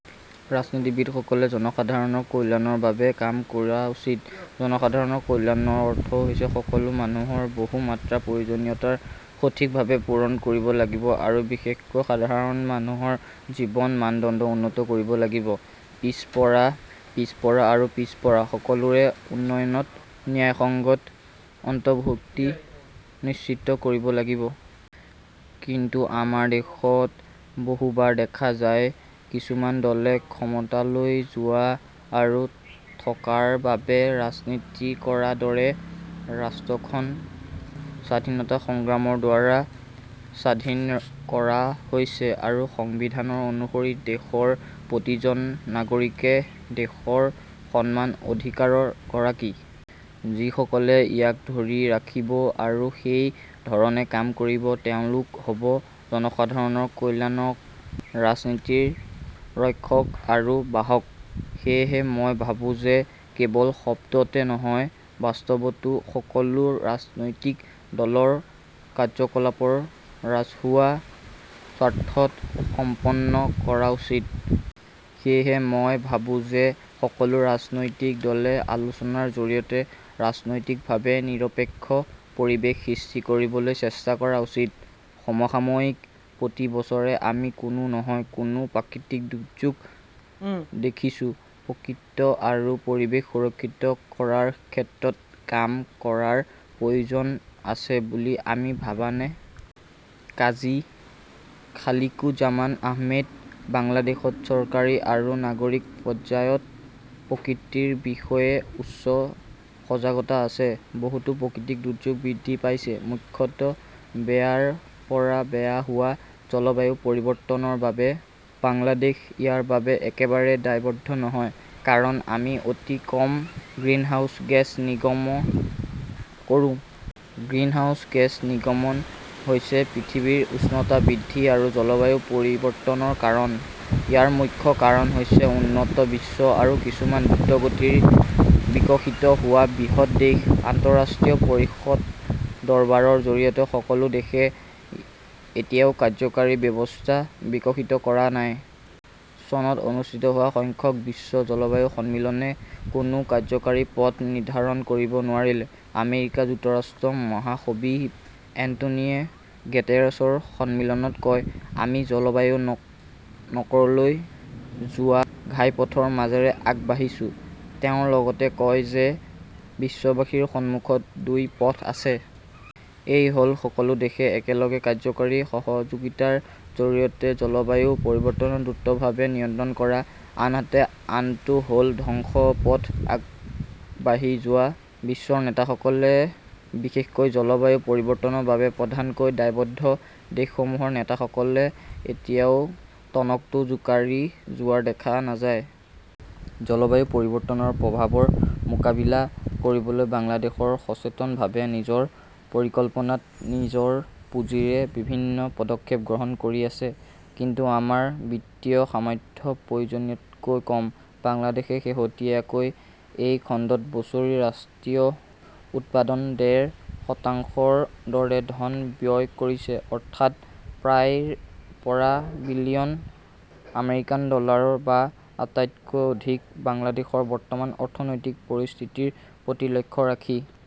ৰাজনীতিবিদসকলে জনসাধাৰণৰ কল্যাণৰ বাবে কাম কৰা উচিত। জনসাধাৰণৰ কল্যাণৰ অৰ্থ হৈছে সকলো মানুহৰ বহু-মাত্ৰাৰ প্ৰয়োজনীয়তা সঠিকভাৱে পূৰণ কৰিব লাগিব আৰু বিশেষকৈ সাধাৰণ মানুহৰ জীৱনৰ মানদণ্ড উন্নত কৰিব লাগিব। পিছপৰা, পিছপৰা আৰু পিছপৰা সকলোৱে উন্নয়নত ন্যায়সংগত অন্তৰ্ভুক্তি নিশ্চিত কৰিব লাগিব। কিন্তু আমাৰ দেশত বহুবাৰ দেখা যায়, কিছুমান দলে ক্ষমতালৈ যোৱা আৰু থকাৰ বাবে ৰাজনীতি কৰাৰ দৰে। ৰাষ্ট্ৰখন স্বাধীনতা সংগ্ৰামৰ দ্বাৰা স্বাধীন কৰা হৈছে আৰু সংবিধান অনুসৰি দেশৰ প্ৰতিজন নাগৰিকে দেশৰ সমান অধিকাৰৰ গৰাকী। যিসকলে ইয়াক ধৰি ৰাখিব আৰু সেই ধৰণে কাম কৰিব, তেওঁলোক হ "ব জনসাধাৰণৰ কল্যাণকৰ ৰাজনীতিৰ ৰক্ষক আৰু বাহক। সেয়েহে মই ভাবো যে কেৱল শব্দতে নহয়, বাস্তৱতো সকলো ৰাজনৈতিক দলৰ কাৰ্যকলাপ ৰাজহুৱা স্বাৰ্থত সম্পন্ন কৰা উচিত। সেয়েহে মই ভাবো যে সকলো ৰাজনৈতিক দলে আলোচনাৰ জৰিয়তে ৰাজনৈতিকভাৱে নিৰপেক্ষ পৰিৱেশ সৃষ্টি কৰিবলৈ চেষ্টা কৰা উচিত। সমসাময়িকঃ প্ৰতি বছৰে আমি কোনো নহয় কোনো প্ৰাকৃতিক দুৰ্যোগ দেখিছোঁ। প্ৰকৃতি আৰু পৰিৱেশ সুৰক্ষিত কৰাৰ ক্ষেত্ৰত কাম কৰাৰ প্ৰয়োজন আছে বুলি আপুনি ভাবেনে? কাজী খালিকুজ্জমান আহমেদঃ বাংলাদেশত চৰকাৰী আৰু নাগৰিক পৰ্যায়ত প্ৰকৃতিৰ বিষয়ে উচ্চ সজাগতা আছে। বহুতো প্ৰাকৃতিক দুৰ্যোগ বৃদ্ধি পাইছে, মুখ্যতঃ বেয়াৰ পৰা বেয়া হোৱা জলবায়ু পৰিৱৰ্তনৰ বাবে। বাংলাদেশ ইয়াৰ বাবে একেবাৰে দায়বদ্ধ নহয়। কাৰণ আমি অতি কম গ্ৰীণহাউছ গেছ নিৰ্গমন কৰোঁ। গ্ৰীণহাউছ গেছ নিৰ্গমন হৈছে পৃথিৱীৰ উষ্ণতা বৃদ্ধি আৰু জলবায়ু পৰিৱৰ্তনৰ কাৰণ। ইয়াৰ মুখ্য কাৰণ হৈছে উন্নত বিশ্ব আৰু কিছুমান দ্ৰুতগতিত বিকশিত হোৱা বৃহৎ দেশ। আন্তঃৰাষ্ট্ৰীয় পৰিসৰত দৰবাৰৰ জৰিয়তে সকলো দেশে এতিয়াও কাৰ্যকৰী ব্যৱস্থা বিকশিত কৰা নাই। চনত অনুষ্ঠিত হোৱা সংখ্যক বিশ্ব জলবায়ু সন্মিলনে কোনো কাৰ্যকৰী পথ নিৰ্ধাৰণ কৰিব নোৱাৰিলে। আমেৰিকা যুক্তৰাষ্ট্ৰৰ মহাসচিব এন্টোনিও গুটেৰেছে সন্মিলনত কয়, "আমি জলবায়ুৰ নৰকলৈ যোৱা ঘাইপথৰ মাজেৰে আগবাঢ়িছো। " তেওঁ লগতে কয় যে বিশ্ববাসীৰ সন্মুখত দুটা পথ আছে। এটা হ "ল সকলো দেশে একেলগে কাৰ্যকৰী সহযোগিতাৰ জৰিয়তে জলবায়ু পৰিৱৰ্তন দ্ৰুতভাৱে নিয়ন্ত্ৰণ কৰা, আনহাতে আনটো হ" ল ধ্বংসৰ পথত আগবাঢ়ি যোৱা। বিশ্ব নেতাসকলে, বিশেষকৈ জলবায়ু পৰিৱৰ্তনৰ বাবে প্ৰধানকৈ দায়বদ্ধ দেশসমূহৰ নেতাসকলে এতিয়াও টনকটো জোকাৰি যোৱা দেখা নাযায়। জলবায়ু পৰিৱৰ্তনৰ প্ৰভাৱৰ মোকাবিলা কৰিবলৈ বাংলাদেশ সচেতনভাৱে নিজৰ পৰিকল্পনাত, নিজৰ পুঁজিৰে বিভিন্ন পদক্ষেপ গ্ৰহণ কৰি আছে। কিন্তু আমাৰ বিত্তীয় সামৰ্থ্য প্ৰয়োজনতকৈ কম। বাংলাদেশই শেহতীয়াকৈ এই খণ্ডত বছৰি ৰাষ্ট্ৰীয় উৎপাদনৰ ডেৰ শতাংশৰ দৰে ধন ব্যয় কৰিছে, অৰ্থাৎ প্ৰায় ৰ পৰা বিলিয়ন আমেৰিকান ডলাৰ বা তাতকৈ অধিক। বাংলাদেশৰ বৰ্তমানৰ অৰ্থনৈতিক পৰিস্থিতিৰ প্ৰতি লক্ষ্য ৰাখি